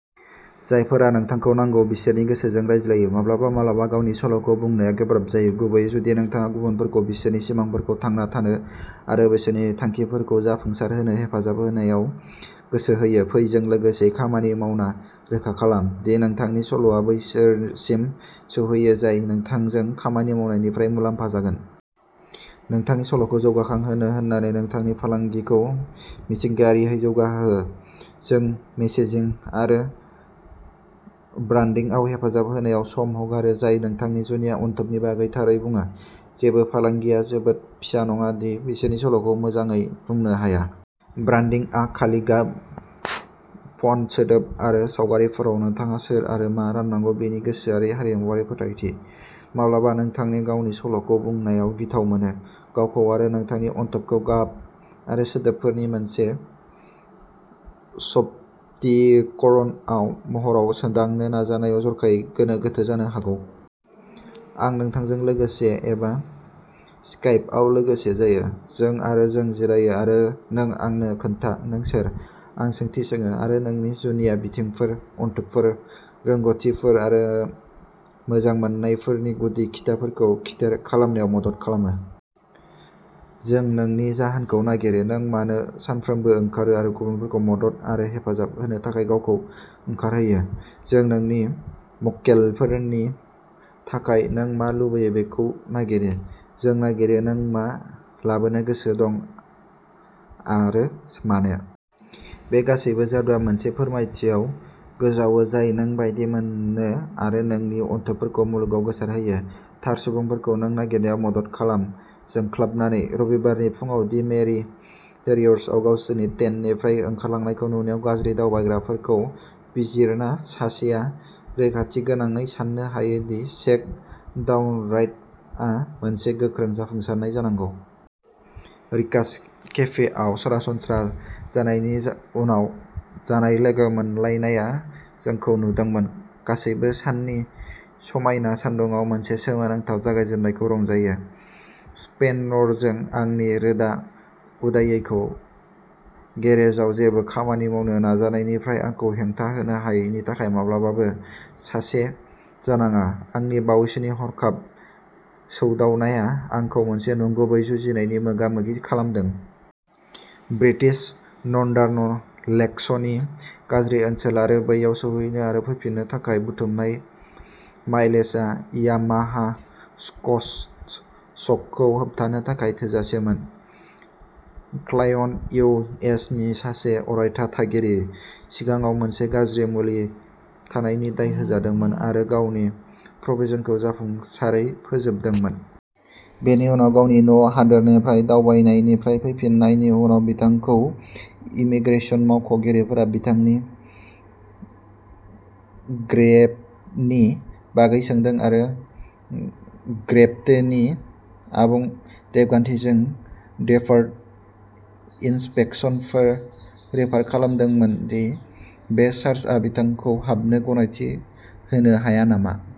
जायफोरा नोंथांखौ नांगौ बिसोरनि गोसोजों रायज्लायो। माब्लाबा माब्लाबा गावनि सल'खौ बुंनाया गोब्राब जायो, गुबैयै जुदि नोंथाङा गुबुनफोरखौ बिसोरनि सिमांफोरखौ थांना थानो आरो बिसोरनि थांखिफोरखौ जाफुंसारहोनो हेफाजाब होनायाव गोसो होयो। फै जों लोगोसेयै खामानि मावना रोखा खालाम दि नोंथांनि सल'आ बैसोरसिम सौहैयो जाय नोंथांजों खामानि मावनायनिफ्राय मुलाम्फा जागोन। नोंथांनि सल'खौ जोंखांहोनो होनानै नोंथांनि फालांगिखौ मिथिंगायारियै जौगाहो। जों मेसेजिं आरो ब्रान्डिंआव हेफाजाब होनायाव सम हगारो जाय नोंथांनि जुनिया अनथोबनि बागै थारै बुङो। जेबो फालांगिया जोबोद फिसा नङा दि बिसोरनि सल'खौ मोजाङै बुंनो हाया। ब्रान्डिंआ खालि गाब, फन्ट, सोदोब आरो सावगारिफोराव, नोंथाङा सोर आरो मा राननांगौ बेनि गोसोआरि आरिमुवारि फोरमायथि। माब्लाबा, नोंथांनि गावनि सल'खौ बुंनाया गिथाव मोनो। गावखौ आरो नोंथांनि अनथोबफोरखौ गाब आरो सोदोबफोरनि मोनसे सफटिकीकरण महराव सोदांनो नाजानाया जर'खायै गोनो गोथो जानो हागौ। आं नोंथांजों लोगोयै एबा स्काइपआव लोगो जायो। जों आरो जों जिरायो आरो नों आंनो खोन्था नों सोर। आं सोंथि सोङो आरो नोंनि जुनिया बिथिंफोर, अनथोबफोर, रोंग'थिफोर आरो मोजांमोननायफोरनि गुदि खिथाफोरखौ खिथेर खालामनायाव मदद खालामो। जों नोंनि जाहोनखौ नागिरो! नों मानो सानफ्रोमबो ओंखारो आरो गुबुनफोरखौ मदद आरो हेफाजाब होनो थाखाय गावखौ ओंखारहोयो! जों नोंनि मक्केलफोरनि थाखाय नों मा लुबैयो बेखौ नागिरो। जों नागिरो नों मा लाबोनो गोसो दं आरो मानो! बे गासैबो जादुआ मोनसे फोरमायथियाव गोजावो जाय नों बायदि मोनो आरो नोंनि अनथोबफोरखौ मुलुगाव गोसारहोयो। थार सुबुंफोरखौ नोंखौ नागिरनायाव मदद खालाम, जोंख्लाबनानै! रबिबारनि फुंआव दि मेरि हेरियर्सआव गावसोरनि टेन्टनिफ्राय ओंखारलांनाय नुजानाय गाज्रि दावबायग्राफोरखौ बिजिरना सासेया रैखाथिगोनाङै सान्नो हायो दि शेक डाउन राइड आ मोनसे गोख्रों जाफुंसारनाय जानांगौ। रिकास केफेआव सरासनस्रा जानायनि उनाव जानाय लोगो मोनलायनाया जोंखौ नुदोंमोन। गासैबो साननि समायना सानदुंआव मोनसे सोमोनांथाव जागायजेन्नायखौ रंजायो। स्पेनरजों आंनि रोखा उदायैखौ गेरेजाव जेबो खामानि मावनो नाजानायनिफ्राय आंखौ हेंथा होनो हायैनि थाखाय माब्लाबाबो सासे जानाङा, आंनि बावैसोनि हरखाब सौदावनाया आंखौ मोनसे नंगुबै जुजिनायनि मोगामोगि खालामदों। ब्रिटिश नन्दान' लेकस'नि गाज्रि ओनसोल आरो बैयाव सौहैनो आरो फैफिननो थाखाय बुथुमनाय माइलेजआ यामाहा स्टक शकखौ होबथानो थाखाय थोजासेमोन। Client, U. एस. नि सासे अरायथा थागिरि, सिगाङाव मोनसे गाज्रि मुलि थानायनि दाय होजादोंमोन आरो गावनि प्रबेशनखौ जाफुंसारै फोजोबदोंमोन। बेनि उनाव, गावनि न'हादोरनिफ्राय दावबायनायनिफ्राय फैफिन्नायनि उनाव, बिथांखौ इमिग्रेशन मावख'गिरिफोरा बिथांनि ग्रेपनि बागै सोंदोंमोन आरो ग्रेप्तेननि आबुं रेबगान्थिजों डेफार्ड इन्सपेक्शनफोर रेफार खालामदोंमोन दि बे चार्जआ बिथांखौ हाबनो गनायथि होनो हाया नामा।